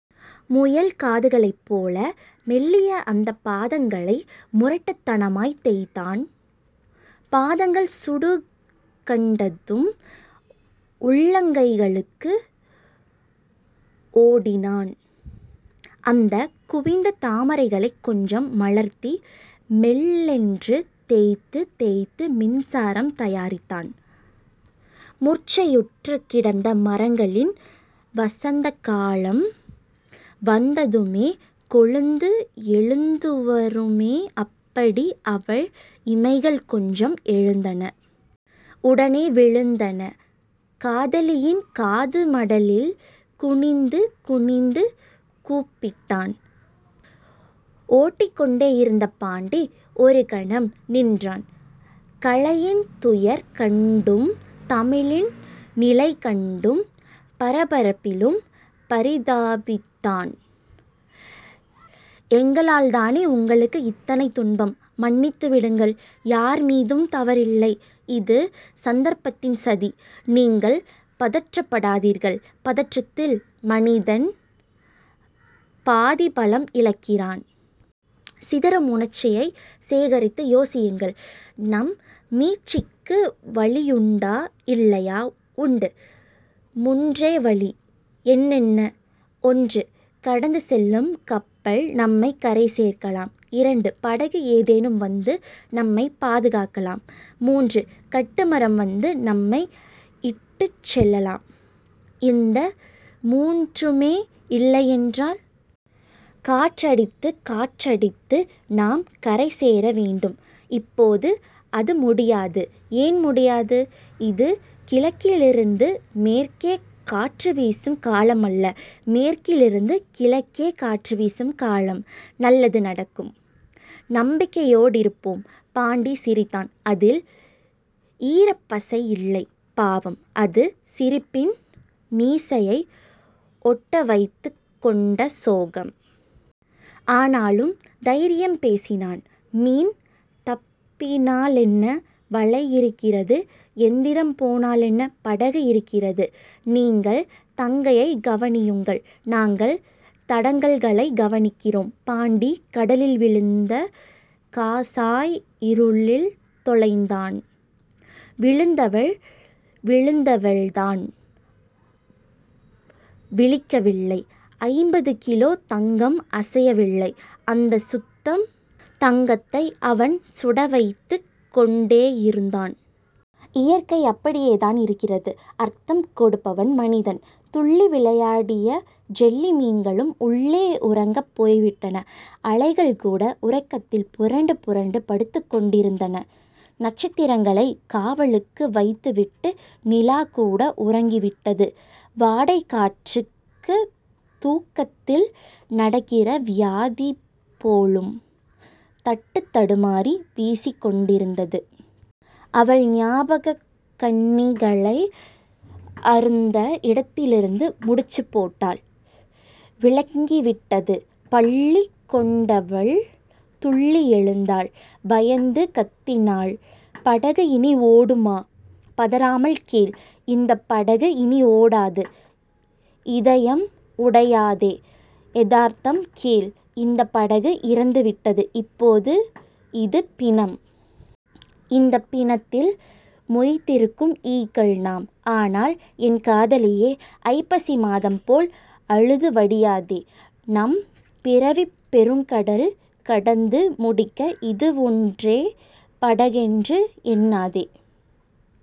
முயல்காதுகளைப் போல மெல்லிய அந்தப் பாதங்களை முரட்டுத்தனமாய்த் தேய்த்தான். பாதங்கள் சூடுகண்டதும் உள்ளங்கைகளுக்கு ஓடினான். அந்தக் குவிந்த தாமரைகளைக் கொஞ்சம் மலர்த்தி மெல்லென்று தேய்த்துத் தேய்த்து மின்சாரம் தயாரித்தான். முர்ச்சையுற்றுக் கிடந்த மரங்களில் வசந்தகாலம் வந்ததுமே கொழுந்து எழுந்துவருமே அப்படி அவள் இமைகள் கொஞ்சம் எழுந்தன. உடனே விழுந்தன. காதலியின் காதுமடலில் குனிந்து குனிந்து கூப்பிட்டான். ஓடிக்கொண்டேயிருந்த பாண்டி ஒருகணம் நின்றான். கலையின் துயர் கண்டும் தமிழின் நிலைகண்டும் பரபரப்பிலும் பரிதாபித்தான். எங்களால்தானே உங்களுக்கு இத்தனை துன்பம்? மன்னித்து விடுங்கள். யார் மீதும் தவறில்லை. இது சந்தர்ப்பத்தின் சதி. நீங்கள் பதற்றப்படாதீர்கள். பதற்றத்தில் மனிதன் பாதிபலம் இழக்கிறான். சிதறும் உணர்ச்சியைச் சேகரித்து யோசியுங்கள். நம் மீட்சிக்கு வழியுண்டா இல்லையா? உண்டு. முன்றே வழி... என்னென்ன? ஒன்று. கடந்து செல்லும் கப்பல் நம்மைக் கரை சேர்க்கலாம். இரண்டு. படகு ஏதேனும் வந்து நம்மைப் பாதுகாக்கலாம். முன்று. கட்டுமரம் வந்து நம்மை இட்டுச் செல்லலாம். இந்த முன்றுமே இல்லையென்றால்..? காற்றடித்துக் காற்றடித்து நாம் கரைசேர வேண்டும். இப்போது அது முடியாது. ஏன் முடியாது? இது கிழக்கிலிருந்து மேற்கே காற்றுவீசும் காலமல்ல. மேற்கிலிருந்து கிழக்கே காற்றுவீசும் காலம். நல்லது நடக்கும். நம்பிக்கையோடிருப்போம். பாண்டி சிரித்தான். அதில் ஈரப்பசை இல்லை. பாவம். அது சிரிப்பின் மீசையை ஒட்டவைத்துக் கொண்ட சோகம். ஆனாலும் தைரியம் பேசினான். மீன் தப்பினாலென்ன? வலை இருக்கிறது. எந்திரம் போனாலென்ன? படகு இருக்கிறது. நீங்கள் தங்கையைக் கவனியுங்கள். நாங்கள் தடங்கல்களைக் கவனிக்கிறோம். பாண்டி கடலில் விழுந்த காசாய் இருளில் தொலைந்தான். விழுந்தவள் விழுந்தவள்தான். விழிக்கவில்லை. ஐம்பது கிலோ தங்கம் அசையவில்லை. அந்தச் சுத்தம் தங்கத்தை அவன் சுடவைத்துக் கொண்டேயிருந்தான். இயற்கை அப்படியேதான் இருக்கிறது. அர்த்தம் கொடுப்பவன் மனிதன். துள்ளி விளையாடிய ஜெல்லி மீன்களும் உள்ளே உறங்கப் போய்விட்டன. அலைகள்கூட உறக்கத்தில் புரண்டு புரண்டு படுத்துக் கொண்டிருந்தன. நட்சத்திரங்களைக் காவலுக்கு வைத்துவிட்டு நிலாகூட உறங்கிவிட்டது. வாடைக் காற்றுக்குத் தூக்கத்தில் நடக்கிற வியாதி போலும். தட்டுத் தடுமாறி வீசிக்கொண்டிருந்தது. அவள் ஞாபகக் கண்ணிகளை அறுந்த இடத்திலிருந்து முடிச்சுப் போட்டாள். விளங்கிவிட்டது. பள்ளி கொண்டவள் துள்ளி எழுந்தாள். பயந்து கத்தினாள். படகு இனி ஓடுமா? பதறாமல் கேள். இந்தப் படகு இனி ஓடாது. இதயம் உடையாதே. எதார்த்தம் கேள். இந்தப் படகு இறந்துவிட்டது. இப்போது இது பிணம். இந்தப் பிணத்தில் மொய்த்திருக்கும் ஈக்கள் நாம். ஆனால், என் காதலியே. ஐப்பசி மாதம்போல் அழுது வடியாதே. நம் பிறவிப் பெருங்கடல் கடந்து முடிக்க இதுவொன்றே படகென்று எண்ணாதே.